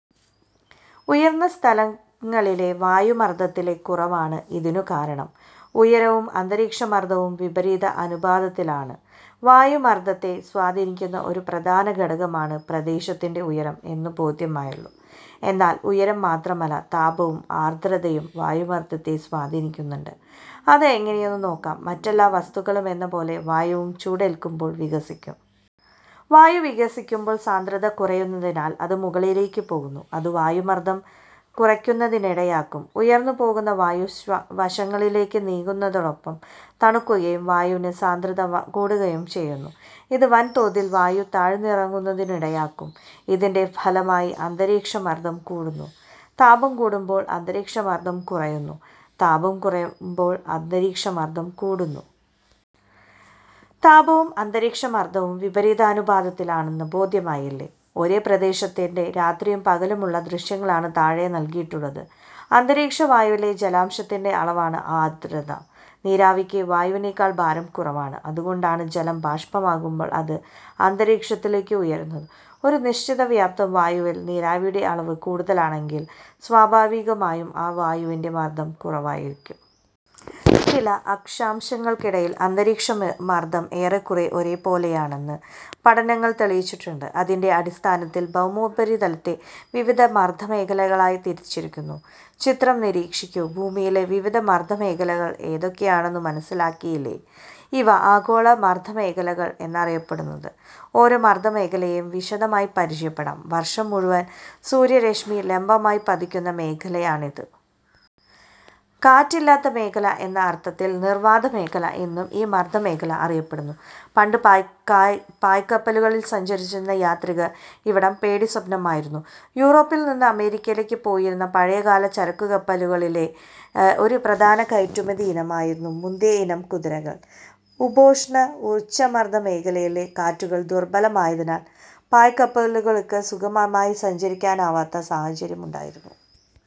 ഉയർന്ന സ്ഥലങ്ങളിലെ വായുമർദത്തിലെ കുറവാണ് ഇതിനുകാരണം. ഉയരവും അന്തരീക്ഷമർദവും വിപരീത അനുപാതത്തിലാണ്. വായുമർദത്തെ സ്വാധീനിക്കുന്ന ഒരു പ്രധാന ഘടകമാണ് പ്രദേശത്തിന്റെ ഉയരം എന്നു ബോധ്യമായല്ലോ. എന്നാൽ ഉയരം മാത്രമല്ല, താപവും ആർദ്രതയും വായുമർദത്തെ സ്വാധീനിക്കുന്നുണ്ട്. അത് എങ്ങനെയെന്നു നോക്കാം. മറ്റെല്ലാ വസ്തുക്കളുമെന്നപോലെ വായുവും ചൂടേൽക്കുമ്പോൾ വികസിക്കും. വായു വികസിക്കുമ്പോൾ സാന്ദ്രത കുറയുന്നതിനാൽ അത് മുകളിലേക്ക് പോകുന്നു. ഇത് വായുമർദം കുറയുന്നതിനിടയാക്കും. ഉയർന്നു പോകുന്ന വായു വശങ്ങളിലേക്ക് നീങ്ങുന്നതോടൊപ്പം തണുക്കുകയും വായുവിന് സാന്ദ്രത കൂടുകയും ചെയ്യുന്നു. ഇത് വൻതോതിൽ വായു താഴ്ന്നിറങ്ങുന്നതിനിടയാക്കും. അതിന്റെ ഫലമായി അന്തരീക്ഷമർദം കൂടുന്നു. താപം കൂടുമ്പോൾ അന്തരീക്ഷമർദം കുറയുന്നു. താപം കുറയുമ്പോൾ അന്തരീക്ഷമർദം കൂടുന്നു. താപവും അന്തരീക്ഷമർദവും വിപരീതാനുപാതത്തിലാണെന്ന് ബോധ്യമായില്ലേ. ഒരേ പ്രദേശത്തിന്റെ രാത്രിയും പകലുമുള്ള ദൃശ്യങ്ങളാണ് താഴെ നൽകിയിട്ടുള്ളത്. അന്തരീക്ഷവായുവിലെ ജലാംശത്തിന്റെ അളവാണ് ആർദ്രത. നീരാവിക്ക് വായുവിനെക്കാൾ ഭാരം കുറവാണ്. അതുകൊണ്ടാണ് ജലം ബാഷ്പമാകുമ്പോൾ അത് അന്തരീക്ഷത്തിലേക്ക് ഉയരുന്നത്. ഒരു നിശ്ചിത വ്യാപ്തം വായുവിൽ നീരാവിയുടെ അളവ് കൂടുതലാണെങ്കിൽ സ്വാഭാവികമായും ആ വായുവിന്റെ മർദം കുറവായിരിക്കും. ചില അക്ഷാംശങ്ങൾക്കിടയിൽ അന്തരീക്ഷ മർദം ഏറെക്കുറെ ഒരുപോലെയാണെന്ന് പഠനങ്ങൾ തെളിയിച്ചിട്ടുണ്ട്. അതിന്റെ അടിസ്ഥാനത്തിൽ ഭൗമോപരിതലത്തെ വിവിധ മർദമേഖലകളായി തിരിച്ചിരിക്കുന്നു. ചിത്രം നിരീക്ഷിക്കൂ. ഭൂമിയിലെ വിവിധ മർദമേഖലകൾ ഏതൊക്കെയെന്നു മനസിലാക്കിയില്ലേ. ഇവ ആഗോള മർദമേഖലകൾ എന്നാണറിയപ്പെടുന്നത്. ഓരോ മർദമേഖലയെയും വിശദമായി പരിചയപ്പെടാം. വർഷം മുഴുവൻ സൂര്യരശ്മികൾ ലംബമായി പതിക്കുന്ന മേഖലയാണിത്. കാറ്റുകളില്ലാത്ത മേഖല എന്ന അർഥത്തിൽ "നിർവാതമേഖല' എന്നും ഈ മർദ മേഖല അറിയപ്പെടുന്നു. പണ്ടു പായ്ക്കപ്പലുകളിൽ സഞ്ചരിച്ചിരുന്ന യാത്രികർക്ക് ഇവിടം പേടിസ്വപ്നമായിരുന്നു. യൂറോപ്പിൽ നിന്ന് അമേരിക്കയിലേക്ക് പോയിരുന്ന പഴയകാല ചരക്കുകപ്പലുകളിലെ ഒരു പ്രധാന കയറ്റുമതി ഇനമായിരുന്നു മുന്തിയ ഇനം കുതിരകൾ. ഉപോഷ്ണ ഉച്ചമർദമേഖലയിൽ കാറ്റുകൾ ദുർബലമായതിനാൽ പായ്ക്കപ്പലുകൾക്ക് സുഗമമായി സഞ്ചരിക്കാനാവാത്ത സാഹചര്യമുണ്ടായിരുന്നു.